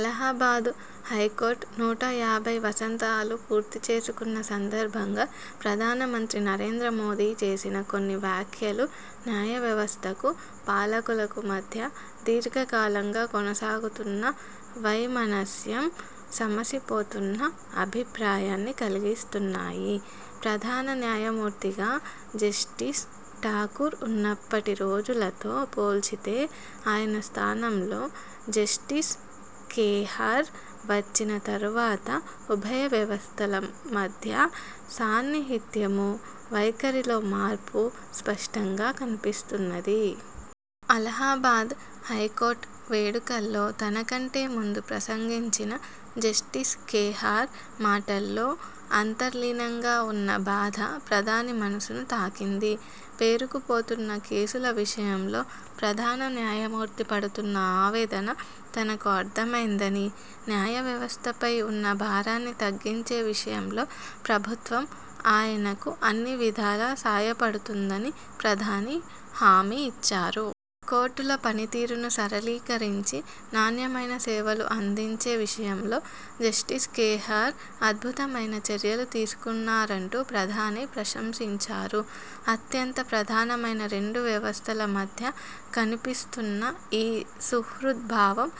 Allahabad high court నూట యాభై వసంతాలు పూర్తిచేసుకున్న సందర్భంగా ప్రధానమంత్రి నరేంద్రమోదీ చేసిన కొన్ని వ్యాఖ్యలు న్యాయ వ్యవస్థకూ, పాలకులకూ మధ్య దీర్ఘకాలంగా కొనసాగుతున్న వైమనస్యం సమసిపోతున్న అభిప్రాయాన్ని కలిగిస్తున్నాయి. ప్రధాన న్యాయమూర్తిగా జస్టిస్ ఠాకూర్ ఉన్నప్పటి రోజులతో పోల్చితే, ఆయన స్థానంలో జస్టిస్ ఖేహార్ వచ్చిన తరువాత ఉభయ వ్యవస్థల మధ్యా సాన్నిహిత్యమూ, వైఖరిలో మార్పు స్పష్టంగా కనిపిస్తున్నది. అలహాబాద్ హైకోర్టు వేడుకల్లో తనకంటే ముందు ప్రసంగించిన జస్టిస్ ఖేహార్ మాటల్లో అంతర్లీనంగా ఉన్న బాధ ప్రధాని మనసును తాకింది. పేరుకుపోతున్న కేసుల విషయంలో ప్రధాన న్యాయమూర్తి పడుతున్న ఆవేదన తనకు అర్థమైందనీ, న్యాయవ్యవస్థపై ఉన్న భారాన్ని తగ్గించే విషయంలో ప్రభుత్వం ఆయనకు అన్ని విధాలా సాయపడుతుందని ప్రధాని హామీ ఇచ్చారు. కోర్టుల పనితీరును సరళీకరించి, నాణ్యమైన సేవలు అందించే విషయంలో జస్టిస్ ఖేహార్ అద్భుతమైన చర్యలు తీసుకున్నారంటూ ప్రధాని ప్రశంసించారు. అత్యంత ప్రధానమైన రెండు వ్యవస్థల మధ్య కనిపిస్తున్న ఈ సుహృద్భావం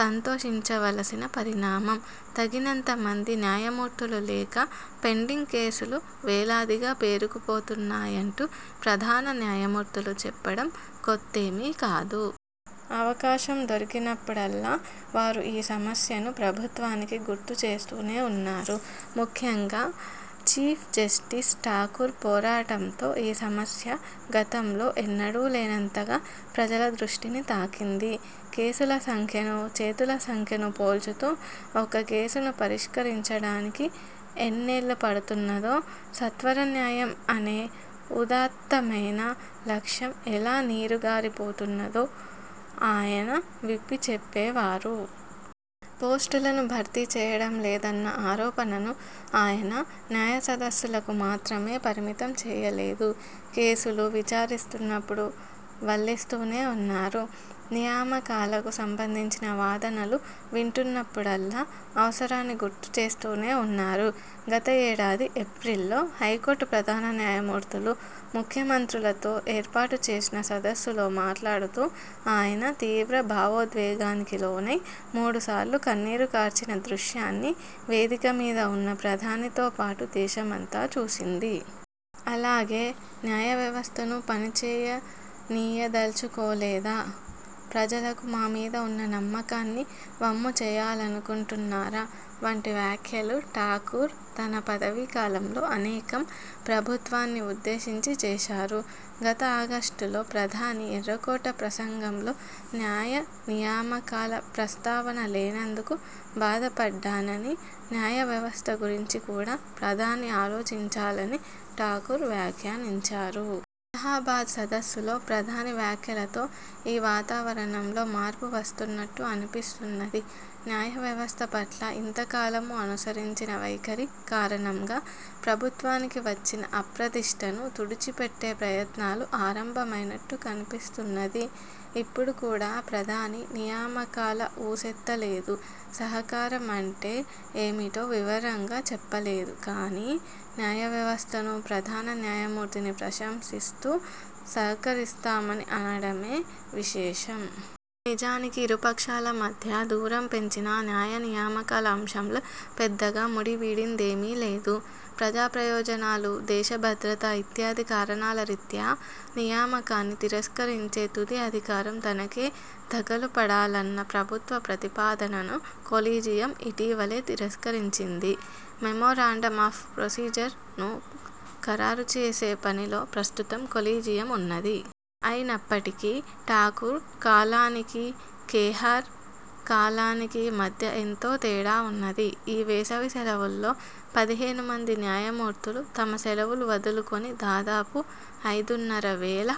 సంతోషించవలసిన పరిణామం. తగినంతమంది న్యాయమూర్తులు లేక పెండింగ్ కేసులు వేలాదిగా పేరుకుపోతున్నాయంటూ ప్రధాన న్యాయమూర్తులు చెప్పడం కొత్తేమీ కాదు. అవకాశం దొరికినప్పుడల్లా వారు ఈ సమస్యను ప్రభుత్వానికి గుర్తుచేస్తూనే ఉన్నారు. ముఖ్యంగా, చీఫ్జస్టిస్ ఠాకూర్ పోరాటంతో ఈ సమస్య గతంలో ఎన్నడూ లేనంతగా ప్రజల దృష్టిని తాకింది. కేసుల సంఖ్యనూ, చేతుల సంఖ్యనూ పోల్చుతూ ఒక కేసును పరిష్కరించడానికి ఎన్నేళ్ళుపడుతున్నదో, సత్వరన్యాయం అనే ఉదాత్తమైన లక్ష్యం ఎలా నీరుగారిపోతున్నదో ఆయన విప్పిచెప్పేవారు. పోస్టులను భర్తీ చేయడంలేదన్న ఆరోపణను ఆయన న్యాయసదస్సులకు మాత్రమే పరిమితం చేయలేదు. కేసులు విచారిస్తున్నప్పుడు వల్లిస్తూనే ఉన్నారు, నియామకాలకు సంబంధించిన వాదనలు వింటున్నప్పుడల్లా అవసరాన్ని గుర్తుచేస్తూనే ఉన్నారు. గత ఏడాది ఏప్రిల్లో హైకోర్టు ప్రధాన న్యాయమూర్తులు, ముఖ్యమంత్రులతో ఏర్పాటు చేసిన సదస్సులో మాట్లాడుతూ ఆయన తీవ్ర భావోద్వేగానికి లోనై మూడుసార్లు కన్నీరు కార్చిన దృశ్యాన్ని వేదికమీద ఉన్న ప్రధానితో పాటు దేశమంతా చూసింది. అలాగే, 'న్యాయవ్యవస్థను పనిచేయనీయదల్చుకోలేదా? ' 'ప్రజలకు మా మీద ఉన్న నమ్మకాన్ని వమ్ముచేయాలనుకుంటున్నారా? ' వంటి వ్యాఖ్యలు ఠాకూర్ తన పదవీ కాలంలో అనేకం ప్రభుత్వాన్ని ఉద్దేశించి చేశారు. గత ఆగస్టులో ప్రధాని ఎర్రకోట ప్రసంగంలో న్యాయనియామకాల ప్రస్తావన లేనందుకు బాధపడ్డాననీ, న్యాయవ్యవస్థ గురించి కూడా ప్రధాని ఆలోచించాలని ఠాకూర్ వ్యాఖ్యానించారు. అలహాబాద్ సదస్సులో ప్రధాని వ్యాఖ్యలతో ఈ వాతావరణంలో మార్పు వస్తున్నట్టు అనిపిస్తున్నది. న్యాయవ్యవస్థ పట్ల ఇంతకాలమూ అనుసరించిన వైఖరి కారణంగా ప్రభుత్వానికి వచ్చిన అప్రదిష్టను తుడిచిపెట్టే ప్రయత్నాలు ఆరంభమైనట్టు కనిపిస్తున్నది. ఇప్పుడు కూడా ప్రధాని నియామకాల ఊసెత్తలేదు, సహకారం అంటే ఏమిటో వివరంగా చెప్పలేదు. కానీ, న్యాయవ్యవస్థను, ప్రధాన న్యాయమూర్తిని ప్రశంసిస్తూ సహకరిస్తామని అనడమే విశేషం. నిజానికి, ఇరుపక్షాల మధ్యా దూరం పెంచిన న్యాయనియామకాల అంశంలో పెద్దగా ముడివిడిందేమీ లేదు. 'ప్రజాప్రయోజనాలు', 'దేశ భద్రత' ఇత్యాది కారణాల రీత్యా నియామకాన్ని తిరస్కరించే తుది అధికారం తనకే దఖలుపడాలన్న ప్రభుత్వ ప్రతిపాదనను కొలీజియం ఇటీవలే తిరస్కరించింది. 'మెమోరాండం ఆఫ్ ప్రొసీజర్ 'ను ఖరారుచేసే పనిలో ప్రస్తుతం కొలీజియం ఉన్నది. అయినప్పటికీ, ఠాకూర్ కాలానికీ, ఖేహార్ కాలానికీ మధ్య ఎంతో తేడావున్నది. ఈ వేసవి సెలవుల్లో పదిహేను మంది న్యాయమూర్తులు తమ సెలవులు వదులుకొని దాదాపు ఐదున్నరవేల